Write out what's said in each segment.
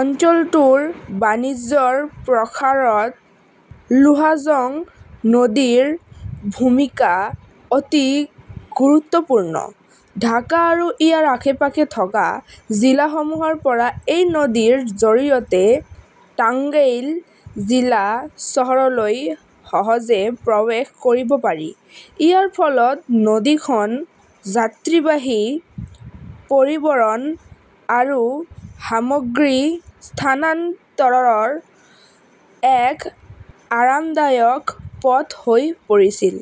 অঞ্চলটোৰ বাণিজ্যৰ প্ৰসাৰত লোহাজং নদীৰ ভূমিকা অতি গুৰুত্বপূৰ্ণ। ঢাকা আৰু ইয়াৰ আশে-পাশে থকা জিলাসমূহৰ পৰা এই নদীৰ জৰিয়তে টাঙ্গাইল জিলা চহৰলৈ সহজে প্ৰৱেশ কৰিব পাৰি। ইয়াৰ ফলত নদীখন যাত্ৰীবাহী পৰিবহণ আৰু সামগ্ৰী স্থানান্তৰৰ এক আৰামদায়ক পথ হৈ পৰিছিল।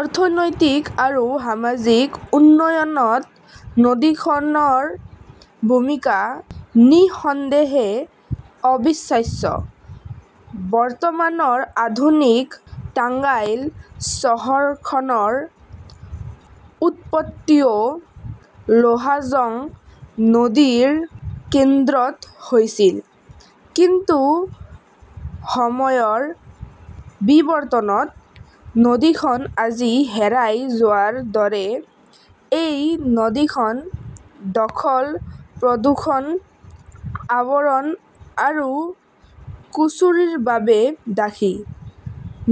অৰ্থনৈতিক আৰু সামাজিক উন্নয়নত নদীখনৰ ভূমিকা নিঃসন্দেহে অবিশ্বাস্য। বৰ্তমানৰ আধুনিক টাঙ্গাইল চহৰখনৰ উৎপত্তিও লোহাজং নদীৰ কেন্দ্ৰত হৈছিল। কিন্তু সময়ৰ বিবৰ্তনত নদীখন আজি হেৰাই যোৱাৰ দৰে। এই নদীখন দখল, প্ৰদূষণ, আৱৰণ আৰু কুচুৰিৰ বাবে দায়ী।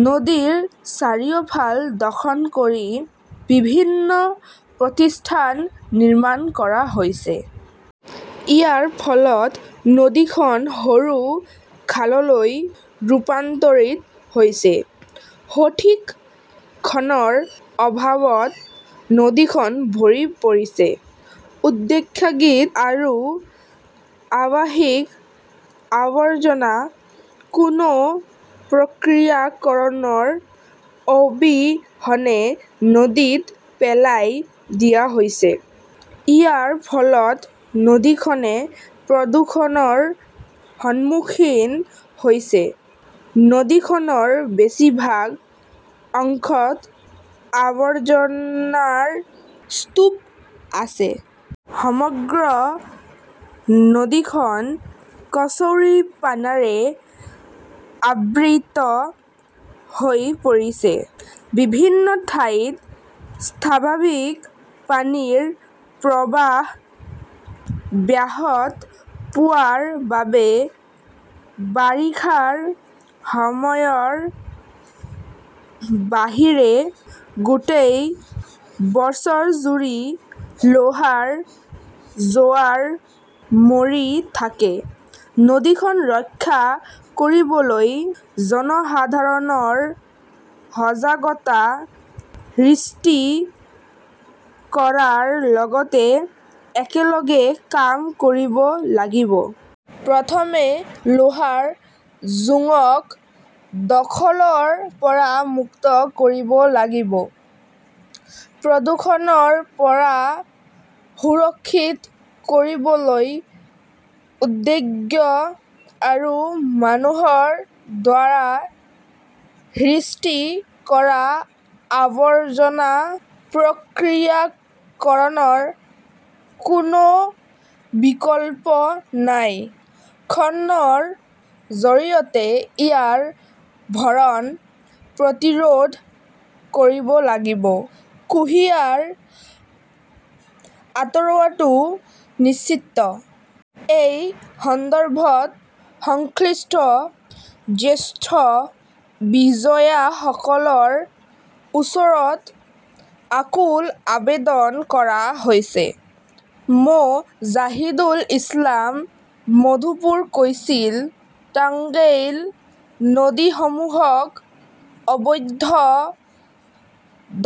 নদীৰ চাৰিওফাল দখল কৰি বিভিন্ন প্ৰতিষ্ঠান নিৰ্মাণ কৰা হৈছে। ইয়াৰ ফলত নদীখন সৰু খাললৈ ৰূপান্তৰিত হৈছে। সঠিক খননৰ অভাৱত নদীখন ভৰি পৰিছে। ঔদ্যোগিক আৰু আৱাসিক আৱৰ্জনা কোনো প্ৰক্ৰিয়াকৰণৰ অবিহনে নদীত পেলাই দিয়া হৈছে। ইয়াৰ ফলত নদীখনে প্ৰদূষণৰ সন্মুখীন হৈছে। নদীখনৰ বেছিভাগ অংশত আৱৰ্জনাৰ স্তূপ আছে। সমগ্ৰ নদীখন কচৌৰিপানাৰে আবৃত হৈ পৰিছে। বিভিন্ন ঠাইত স্বাভাৱিক পানীৰ প্ৰৱাহ ব্যাহত হোৱাৰ বাবে বাৰিষাৰ সময়ৰ বাহিৰে গোটেই বছৰজুৰি লোহাৰ জোৱাৰ মৰি থাকে। নদীখন ৰক্ষা কৰিবলৈ জনসাধাৰণৰ সজাগতা সৃষ্টি কৰাৰ লগতে একেলগে কাম কৰিব লাগিব। প্ৰথমে লোহাৰ জোঙক দখলৰ পৰা মুক্ত কৰিব লাগিব। প্ৰদূষণৰ পৰা সুৰক্ষিত কৰিবলৈ উদ্যোগ আৰু মানুহৰ দ্বাৰা সৃষ্টি কৰা আৱৰ্জনা প্ৰক্ৰিয়াকৰণৰ কোনো বিকল্প নাই। খননৰ জৰিয়তে ইয়াৰ ভৰণ প্ৰতিৰোধ কৰিব লাগিব। কুঁহিয়াৰ আঁতৰোৱাটো নিশ্চিত। এই সন্দৰ্ভত সংশ্লিষ্ট জ্যেষ্ঠ বিষয়াসকলৰ ওচৰত আকুল আবেদন কৰা হৈছিল। মো. জাহিদুল ইছলাম মধুপুৰ কৈছিল টাঙ্গাইল নদীসমূহক অবৈধ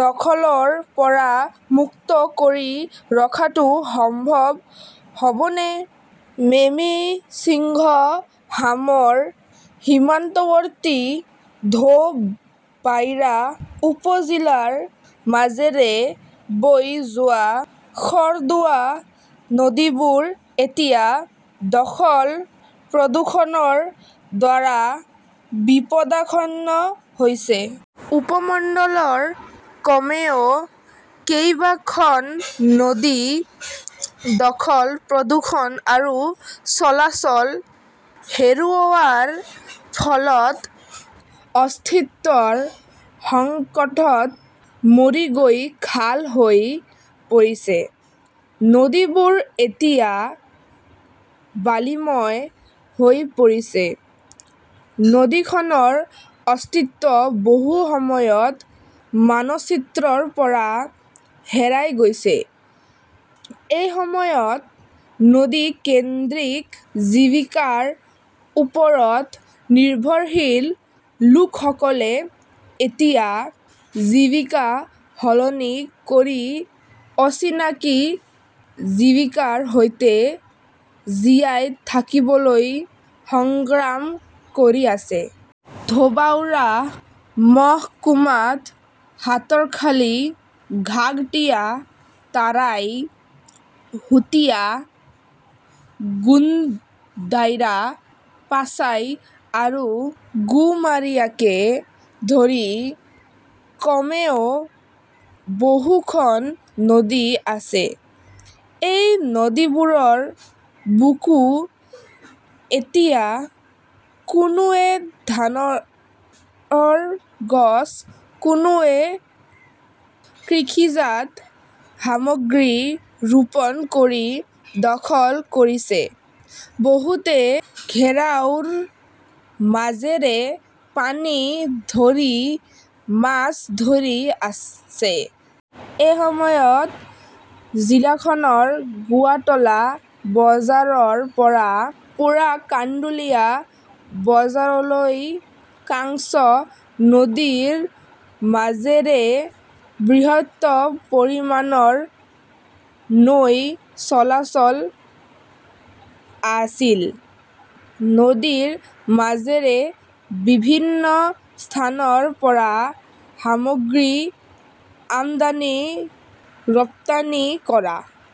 দখলৰ পৰা মুক্ত কৰি ৰখাটো সম্ভৱ হবনে? মেমিন্সিংহামৰ সীমান্তৱৰ্তী ধোবাউৰা উপ-জিলাৰ মাজেৰে বৈ যোৱা খৰ্দুৱা নদীবোৰ এতিয়া দখল-প্ৰদূষণৰ দ্বাৰা বিপদাশন্ন হৈছে। উপমণ্ডলৰ কমেও কেইবা খন নদী দখল, প্ৰদূষণ আৰু চলাচল হেৰুওৱাৰ ফলত অস্তিত্বৰ সংকটত মৰি গৈ খাল হৈ পৰিছে। নদীবোৰ এতিয়া বালিময় হৈ পৰিছে। নদীখনৰ অস্তিত্ব বহু সময়ত মানচিত্ৰৰ পৰা হেৰাই গৈছে। এসময়ত নদী-কেন্দ্ৰিক জীৱিকাৰ ওপৰত নিৰ্ভৰশীল লোকসকলে এতিয়া জীৱিকা সলনি কৰি অচিনাকি জীৱিকাৰ সৈতে জীয়াই থাকিবলৈ সংগ্ৰাম কৰি আছে। ধোবাউৰা মহকুমাত সাতৰখালী, ঘাগটিয়া, তাৰাই, সুতিয়া, গুদাইৰা, পাচাই আৰু গুমাৰিয়াকে ধৰি কমেও বহু খন নদী আছে। এই নদীবোৰৰ বুকু এতিয়া কোনোৱে ধানৰ গছ, কোনোৱে কৃষিজাত সামগ্ৰী ৰোপণ কৰি দখল কৰিছে। বহুতে ঘেৰাওৰ মাজেৰে পানী ধৰি মাছ ধৰি আছে। এসময়ত জিলাখনৰ গোৱাটলা বজাৰৰ পৰা পোৰাকাণ্ডুলিয়া বজাৰলৈ কাংছ নদীৰ মাজেৰে বৃহৎ পৰিমাণৰ নৌ চলাচল আছিল। নদীৰ মাজেৰে বিভিন্ন স্থানৰ পৰা সামগ্ৰী আমদানি-ৰপ্তানি কৰা